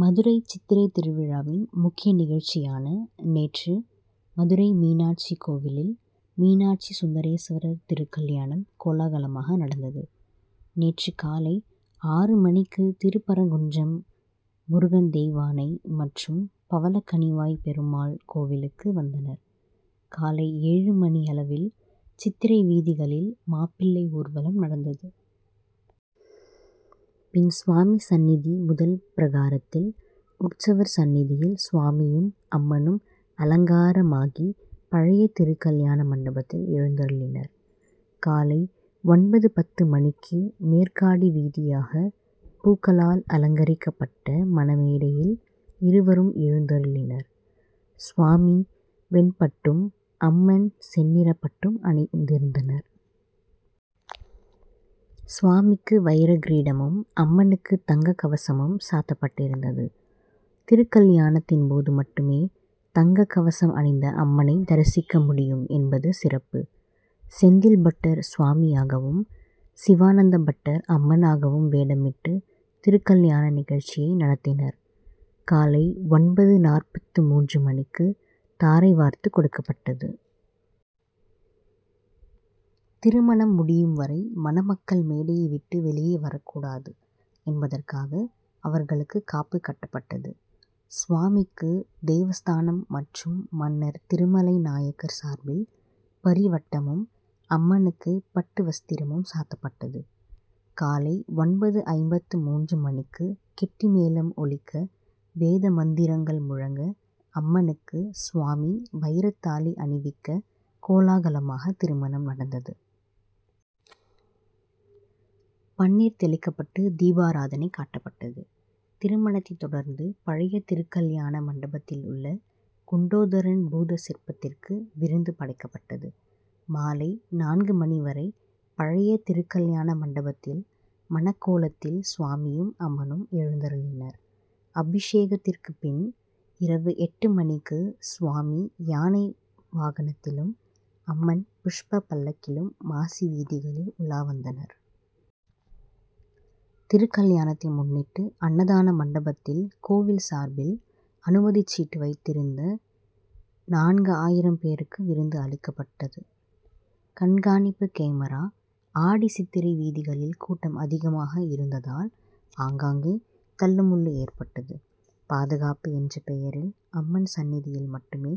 மதுரை சித்திரை திருவிழாவின் முக்கிய நிகழ்ச்சியான நேற்று மதுரை மீனாட்சி கோவிலில் மீனாட்சி சுந்தரேஸ்வரர் திருக்கல்யாணம் கோலாகலமாக நடந்தது. நேற்று காலை ஆறு மணிக்கு திருப்பரங்குன்றம் முருகன் தெய்வானை மற்றும் பவளக்கனிவாய் பெருமாள் கோவிலுக்கு வந்தனர். காலை ஏழு மணியளவில் சித்திரை வீதிகளில் மாப்பிள்ளை ஊர்வ லம் நடந்தது. பின் சுவாமி சன்னிதி முதல் பிரகாரத்தில் உற்சவர் சன்னிதியில் சுவாமியும் அம்மனும் அலங்கார மாகி பழைய திருக்கல்யாண மண்டபத்தில் எழுந்தருளினர். காலை ஒன்பது பத்து மணிக்கு மேற்காடி வீதியாக பூக்களால் அலங்கரிக் கப்பட்ட மண மேடையில் இருவரும் எழுந்தருளினர். சுவாமி வெண் பட்டும் அம்மன் செந்நிற பட்டும் அணிந்திருந்தனர். சுவாமிக்கு வைரக் கிரீடமும் அம்மனுக்கு தங்கக் கவசமும் சாத்தப்பட்டிருந்தது. திருக்கல்யாணத்தின் போது மட்டுமே தங்கக் கவசம் அணிந்த அம்மனை தரிசிக்க முடியும் என்பது சிறப்பு. செந்தில் பட்டர் சுவாமியாகவும் சிவா னந்த பட்டர் அம்மனாகவும் வேடமிட்டு திருக்கல்யாண நிகழ்ச்சியை நடத்தினர். காலை ஒன்பது நாற்பத்து மூன்று மணிக்கு தாரை வார்த்து கொடுக்கப்பட்டது. திருமணம் முடியும் வரை மணமக்கள் மேடையை விட்டு வெளியே வரக்கூடாது என்பதற்காக அவர்களுக்கு காப்பு கட்டப்பட்டது. சுவாமிக்கு தேவஸ்தானம் மற்றும் மன்னர் திருமலை நாயக்கர் சார்பில் பரி வட்ட மும் அம்மனுக்கு பட்டு வஸ்திரமும் சாத்தப்பட்டது. காலை ஒன்பது ஐம்பத்து மூன்று மணிக்கு கெட்டி மேளம் ஒலிக்க வேத மந்திரங்கள் முழங்க அம்மனுக்கு சுவாமி வைரத் தாலி அணிவிக்க கோலாகலமாக திருமணம் நடந்தது. பன்னீர் தெளிக்கப்பட்டு தீபாராதனை காட்டப்பட்டது. திருமணத்தைத் தொடர்ந்து பழைய திருக்கல்யாண மண்டபத்தில் உள்ள குண்டோதரன் பூத சிற்பத்திற்கு விருந்து படைக்கப்பட்டது. மாலை நான்கு மணி வரை பழைய திருக்கல்யாண மண்டபத்தில் மணக் கோலத் தில் சுவாமியும் அம்மனும் எழுந்தருளினர். அபிஷேகத்திற்கு பின் இரவு எட்டு மணிக்கு சுவாமி யானை வாகனத் திலும் அம்மன் புஷ்ப பல்லக்கிலும் மாசி வீதிகளில் உலா வந்தனர். திருக்கல்யாணத்தை முன்னிட்டு அன்னதான மண்டபத் தில் கோவில் சார்பில் அனுமதி சீட்டு வைத்திருந்த நான்கு ஆயிரம் பேருக்கு விருந்து அளிக்கப்பட்டது. கண்காணிப்பு கேமரா ஆடி சித்திரை வீதிகளில் கூட்டம் அதிகமாக இருந்ததால் ஆங்காங்கே தள்ளுமுள்ளு ஏற்பட்டது. பாதுகாப்பு என்ற பெயரில் அம்மன் சன்னிதியில் மட்டுமே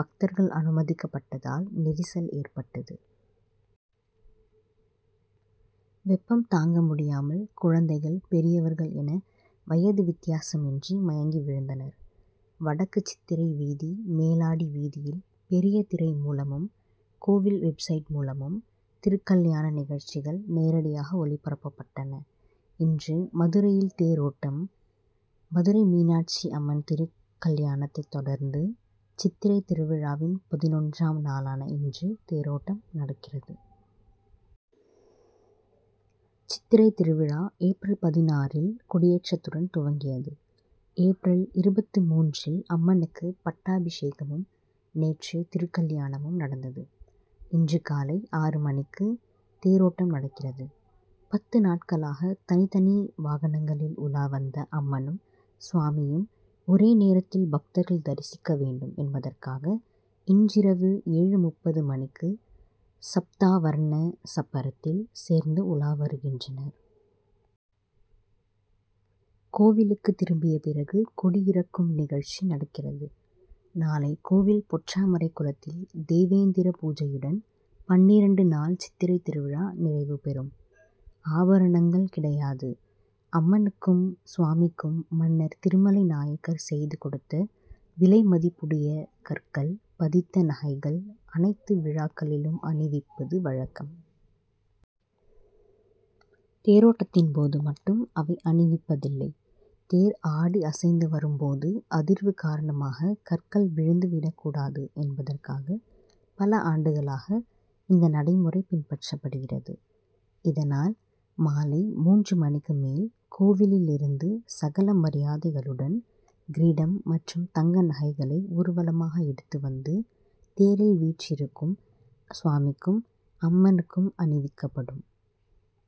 பக்தர்கள் அனுமதிக்கப்பட்டதால் நெரிசல் ஏற்பட்டது. வெப்பம் தாங்க முடியாமல் குழந்தைகள் பெரியவர்கள் என வயது வித்தியாசமின்றி மயங்கி விழுந்தனர். வடக்கு சித்திரை வீதி மேலாடி வீதியில் பெரிய திரை மூலமும் கோவில் வெப்சைட் மூலமும் திருக்கல்யாண நிகழ்ச்சிகள் நேரடியாக ஒளிபரப்பப்பட்டன. இன்று மதுரையில் தேரோட்டம் மதுரை மீனாட்சி அம்மன் திருக்கல்யாணத்தைத் தொடர்ந்து சித்திரைத் திருவிழாவின் பதினொன்று ஆம் நாளான இன்று தேரோட்டம் நடக்கிறது. சித்திரைத் திருவிழா ஏப். பதினாறு இல் கொடியேற்றத்துடன் துவங்கியது. ஏப். இருபத்து மூன்று ல் அம்மனுக்கு பட்டா பிஷேகமும் நேற்று திருக்கல்யாணமும் நடந்தது. இன்று காலை ஆறு மணிக்கு தேரோட்டம் நடக்கிறது. பத்து நாட்களாக தனித்தனி வாகனங்களில் உலா வந்த அம்மனும் சுவாமியும் ஒரே நேரத்தில் பக்தர்கள் தரிசிக்க வேண்டும் என்பதற்காக இன்றிரவு ஏழு முப்பது மணிக்கு சப்தாவர்ண சப்பரத்தில் சேர்ந்து உலா வருகின்றனர். கோவிலுக்கு திரும்பிய பிறகு கொடி இறக்கும் நிகழ்ச்சி நடக்கிறது. நாளை கோவில் பொற்றாமரைக் குளத்தில் தேவேந்திர பூஜையுடன் பன்னிரண்டு நாள் சித்திரைத் திருவிழா நிறைவு பெறும். ஆபரணங்கள் கிடையாது அம்மனுக்கும் சுவாமிக்கும் மன்னர் திருமலை நாயக்கர் செய்து கொடுத்த விலை மதிப்புடைய கற்கள் பதித்த நகைகள் அனைத்து விழாக்களிலும் அணிவிப்பது வழக்கம். தேரோட்டத்தின் போது மட்டும் அவை அணிவிப்பதில்லை. தேர் ஆடி அசைந்து வரும் போது அதிர்வு காரணமாக கற்கள் விழுந்து விடக்கூடாது என்பதற்காக பல ஆண்டுகளாக இந்த நடைமுறை பின்பற்றப்படுகிறது. இதனால் மாலை மூன்று மணிக்கு மேல் கோவிலில் இருந்து சகல மரியாதைகளுடன் கிரீடம் மற்றும் தங்க நகைகளை ஊர்வலமாக எடுத்து வந்து தேரில் வீற்றிருக்கும் சுவாமிக்கும் அம்மனுக்கும் அணிவிக்கப்படும்.